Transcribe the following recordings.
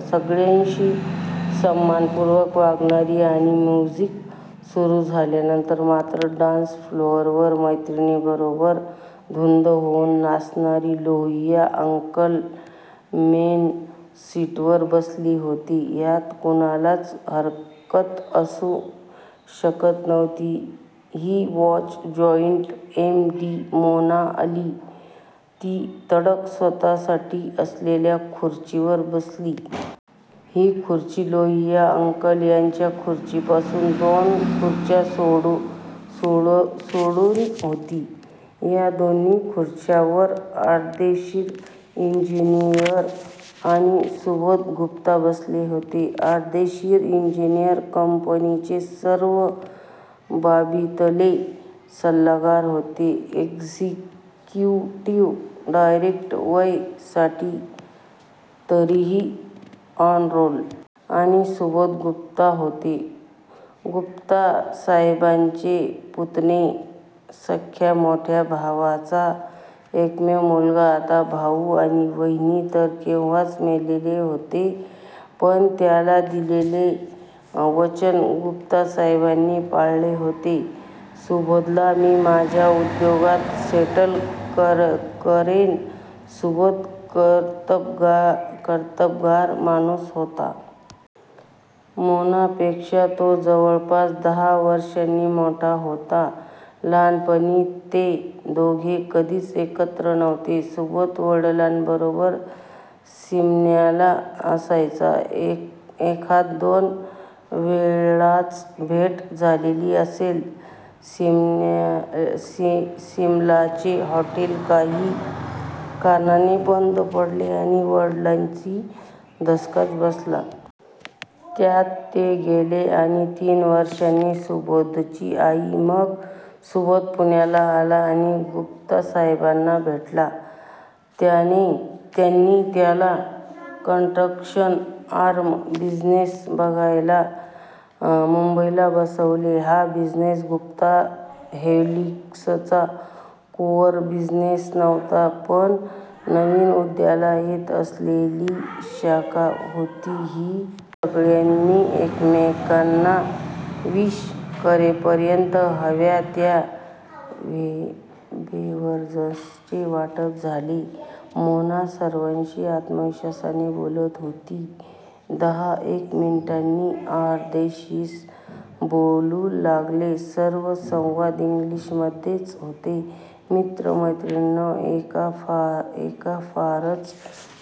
सगळ्यांशी सन्मानपुर्वक वागणारी आणि म्युझिक सुरू झाल्यानंतर मात्र डान्स फ्लोअरवर मैत्रिणींबरोबर धुंद होऊन नाचणारी! लोहिया अंकल मेन सीटवर बसले होते. यात कुणालाच हरकत असू शकत नव्हती. He was joint M. D.! Mona आली ती तडक स्वतःसाठी असलेल्या खुर्चीवर बसली. ही खुर्ची लोहिया अंकल यांच्या खुर्चीपासून दोन खुर्च्या सोडून होती. या दोन खुर्च्यांवर अर्देशीर इंजीनीयर आणि सुबोध गुप्ता बसलेले होते. अर्देशीर इंजीनीयर कंपनीचे सर्व बाबतीतले सल्लागार होते. Executive director! वय वर्षे साठ! तरीही ऑन रोल! आणि सुबोध गुप्ता होते गुप्तासाहेबांचे पुतणे! सख्या मोठ्या भावाचा एकमेव मुलगा! आता भाऊ आणि वहिनी तर केव्हाच मेलेले होते. पण त्याला दिलेले वचन गुप्तासाहेबांनी पाळलेले होते. सुबोधला मी माझ्या उद्योगात सेटल करेन! सुबोध कर्तबगार माणूस होता. मोनापेक्षा तो जवळपास दहा वर्षांनी मोठा होता. लहानपणी ते दोघे कधीच एकत्र नव्हते. सुबोध वडिलांबरोबर सिमल्याला असायचा! एखाद दोन वेळाच भेट झालेली असेल. सिमल्याचे हॉटेल काही कारणाने बंद पडले आणि वडिलांनी धसकाच घेतला. त्यात ते गेले आणि तीन वर्षांनी सुबोधची आई! मग सुबोध पुण्याला आला आणि गुप्तासाहेबांना भेटला. त्यांनी त्याला कन्स्ट्रक्शन आर्म बिझिनेस बघायला मुंबईला बसवले. हा बिझिनेस गुप्ता हेलिक्सचा कोअर बिझिनेस नव्हता. पण नवीन उदयाला येत असलेली शाखा होती ही! सगळ्यांनी एकमेकांना विश करेपर्यंत हव्या त्या बेव्हरेजेसचे वाटप झाले. मोना सर्वांशी आत्मविश्वासाने बोलत होती. दहा एक मिनिटांनी अर्देशीर बोलू लागले. सर्व संवाद इंग्लीशमध्येच होते. "मित्र मैत्रिणींनो, एका फारच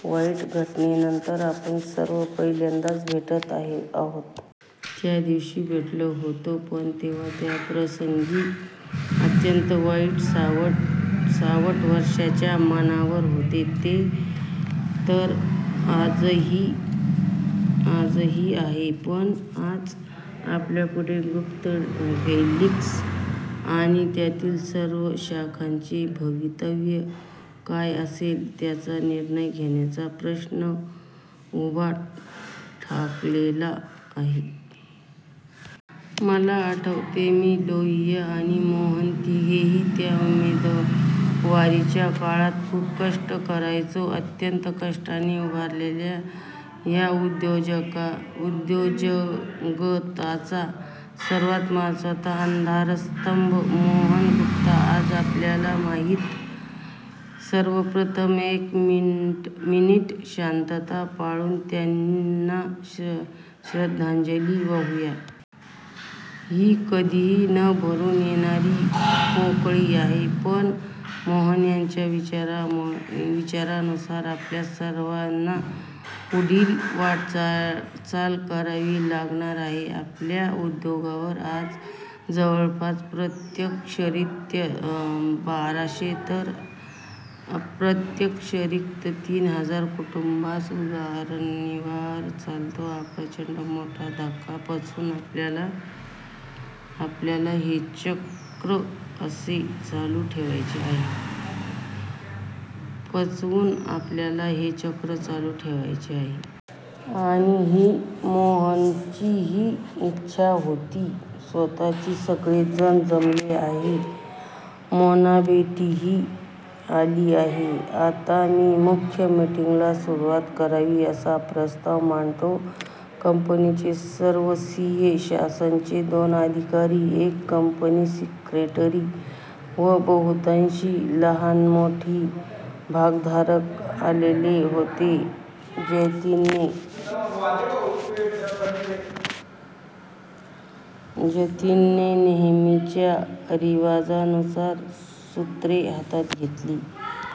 वाईट घटनेनंतर आपण सर्व पहिल्यांदाच भेटत आहोत. त्या दिवशी भेटलो होतो, पण तेव्हा त्या प्रसंगाचे अत्यंत वाईट सावट सर्वांच्या मनावर होते. ते तर आजही आहे. पण आज आपल्यापुढे गुप्ता हेलिक्स आणि त्यातील सर्व शाखांचे भवितव्य काय असेल याचा निर्णय घेण्याचा प्रश्न उभा ठाकलेला आहे. मला आठवते.. मी, लोहिया आणि मोहन.. तिघेही त्या उमेदवारीच्या काळात खूप कष्ट करायचो. अत्यंत कष्टाने उभारलेल्या या उद्योगजगताचा सर्वात महत्वाचा आधारस्तंभ.. मोहन गुप्ता आज आपल्यात नाहीत. सर्वप्रथम एक मिनिट शांतता पाळून त्यांना श्रद्धांजली वाहूयात! ही कधीही न भरून येणारी पोकळी आहे. पण मोहन यांच्या विचारानुसार आपल्या सर्वांना पुढील वाटचाल करावीच लागणार आहे. आपल्या उद्योगावर आज जवळपास प्रत्यक्षरीत्या बाराशे तर अप्रत्यक्षरीत्या तीन हजार कुटुंबांचा उदरनिर्वाह चालतो. हा प्रचंड मोठा धक्का पचवून आपल्याला हे चक्र असेच चालू ठेवायचे आहे. आणि ही मोहनचीही इच्छा होतीच स्वतःची! सगळे जण जमले आहेत. मोनाबेटीही आली आहे. आता मी मुख्य मीटिंगला सुरुवात करावी असा प्रस्ताव मांडतो " कंपनीचे सर्व सी. ए., शासनाचे दोन अधिकारी, एक कंपनी सेक्रेटरी व बहुतांशी लहानमोठे भागधारक आलेले होते. जतीनने नेहमीच्या रिवाजानुसार सूत्रे हातात घेतली.